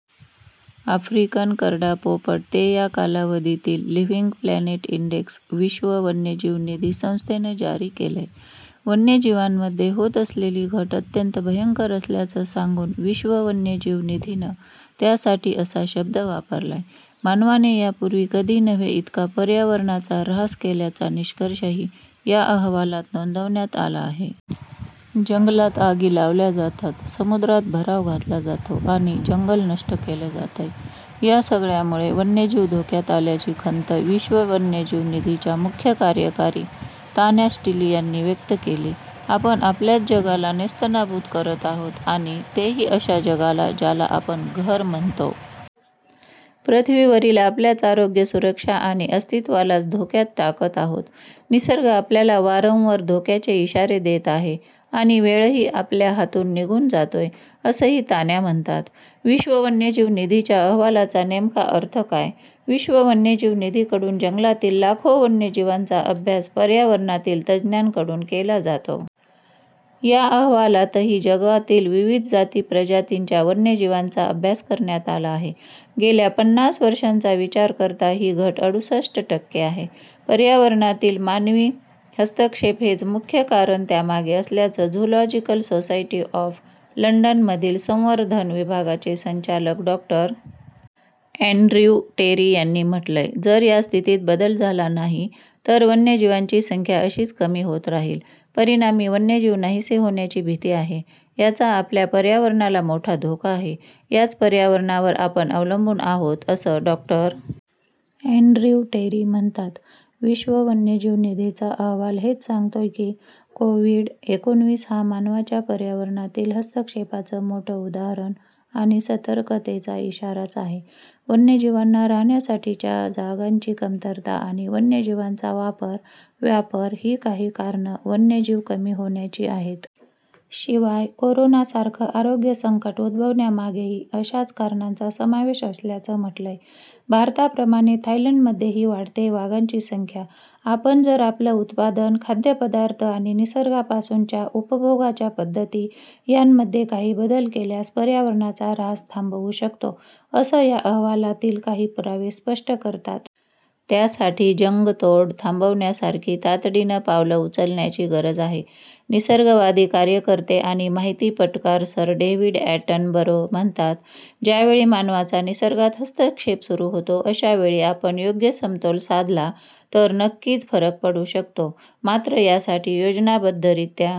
African करडा पोपट ते या कालावधीतील 'लिव्हिंग प्लॅनेट इंडेक्स' विश्व वन्यजीव निधी संस्थेनं जारी केलंय. वन्यजीवांमध्ये होत असलेली घट अत्यंत भयंकर असल्याचं सांगून विश्व वन्यजीव निधीनं त्यासाठी असा शब्द वापरलाय. मानवाने यापूर्वी कधी नव्हे इतका पर्यावरणाचा ऱ्हास केल्याचा निष्कर्षही या अहवालात नोंदवण्यात आला आहे. जंगलात आगी लावल्या जातात समुद्रात भराव घातला जातो आणि जंगल नष्ट केलं जातंय, या सगळ्यामुळे वन्यजीव धोक्यात आल्याची खंत विश्व वन्यजीव निधीच्या मुख्य कार्यकारी तान्या स्टिली यांनी व्यक्त केली. आपण आपल्याच जगाला नेस्तनाबूत करत आहोत आणि तेही अशा जगाला ज्याला आपण घर म्हणतो. पृथ्वीवरील आपलयाच आरोग्य सुरक्षा आणि अस्तित्त्वालाच धोक्यात टाकत आहोत. निसर्ग आपल्याला वारंवर धोक्याचे इशारे देत आहे आणि वेळही आपल्या हातून निघून जातोय असंही तान्या म्हणतात. विश्व वन्यजीव निधीच्या अहवालाचा नेमका अर्थ काय? विश्व वन्यजीव निधीकडून जंगलातील लाखो वन्यजीवांचा अभ्यास पर्यावरणातील तज्ज्ञांकडून केला जातो. या अहवालातही जगातील विविध जाती-प्रजातींच्या वन्यजीवांचा अभ्यास करण्यात आला आहे. गेल्या पन्नास वर्षांचा विचार करता ही घट अडुसष्ट टक्के आहे. पर्यावरणातील मानवी हस्तक्षेप हेच मुख्य कारण त्यामागे असल्याचं झूलॉजिकल सोसायटी ऑफ लंडन मधील संवर्धन विभागाचे संचालक डॉ. अँड्र्यू टेरी यांनी म्हटलंय. जर या स्थितीत बदल झाला नाही, तर वन्यजीवांची संख्या अशीच कमी होत राहील, परिणामी वन्यजीव नाहीसे होण्याची भीती आहे, याचा आपल्या पर्यावरणाला मोठा धोका आहे. याच पर्यावरणावर आपण अवलंबून आहोत असं डॉ. अँड्र्यू टेरी म्हणतात. विश्व वन्यजीव निधीचा अहवाल हेच सांगतोय की, कोव्हिड-एकोणविस हा मानवाच्या पर्यावरणातील हस्तक्षेपाचं मोठं उदाहरण आणि सतर्कतेचा इशाराच आहे. वन्यजीवांना राहण्यासाठीच्या जागांची कमतरता आणि वन्यजीवांचा वापर, व्यापर ही काही कारणं वन्यजीव कमी होण्याची आहेत. शिवाय, कोरोनासारखं आरोग्य संकट उद्भवण्यामागेही अशाच कारणांचा समावेश असल्याचं म्हटलंय. भारताप्रमाणे थायलंडमध्येही वाढतेय वाघांची संख्या आपण जर आपलं उत्पादन, खाद्यपदार्थ आणि निसर्गापासूनच्या उपभोगाच्या पद्धती यांमध्ये काही बदल केल्यास पर्यावरणाचा ऱ्हास थांबवू शकतो, असं या अहवालातील काही पुरावे स्पष्ट करतात. त्यासाठी जंगतोड थांबवण्यासारखी तातडीनं पावलं उचलण्याची गरज आहे. निसर्गवादी कार्यकर्ते आणि माहितीपटकार सर डेव्हिड अॅटनबरो म्हणतात, ज्यावेळी मानवाचा निसर्गात हस्तक्षेप सुरू होतो, अशावेळी आपण योग्य समतोल साधला, तर नक्कीच फरक पडू शकतो. मात्र, यासाठी योजनाबद्धरित्या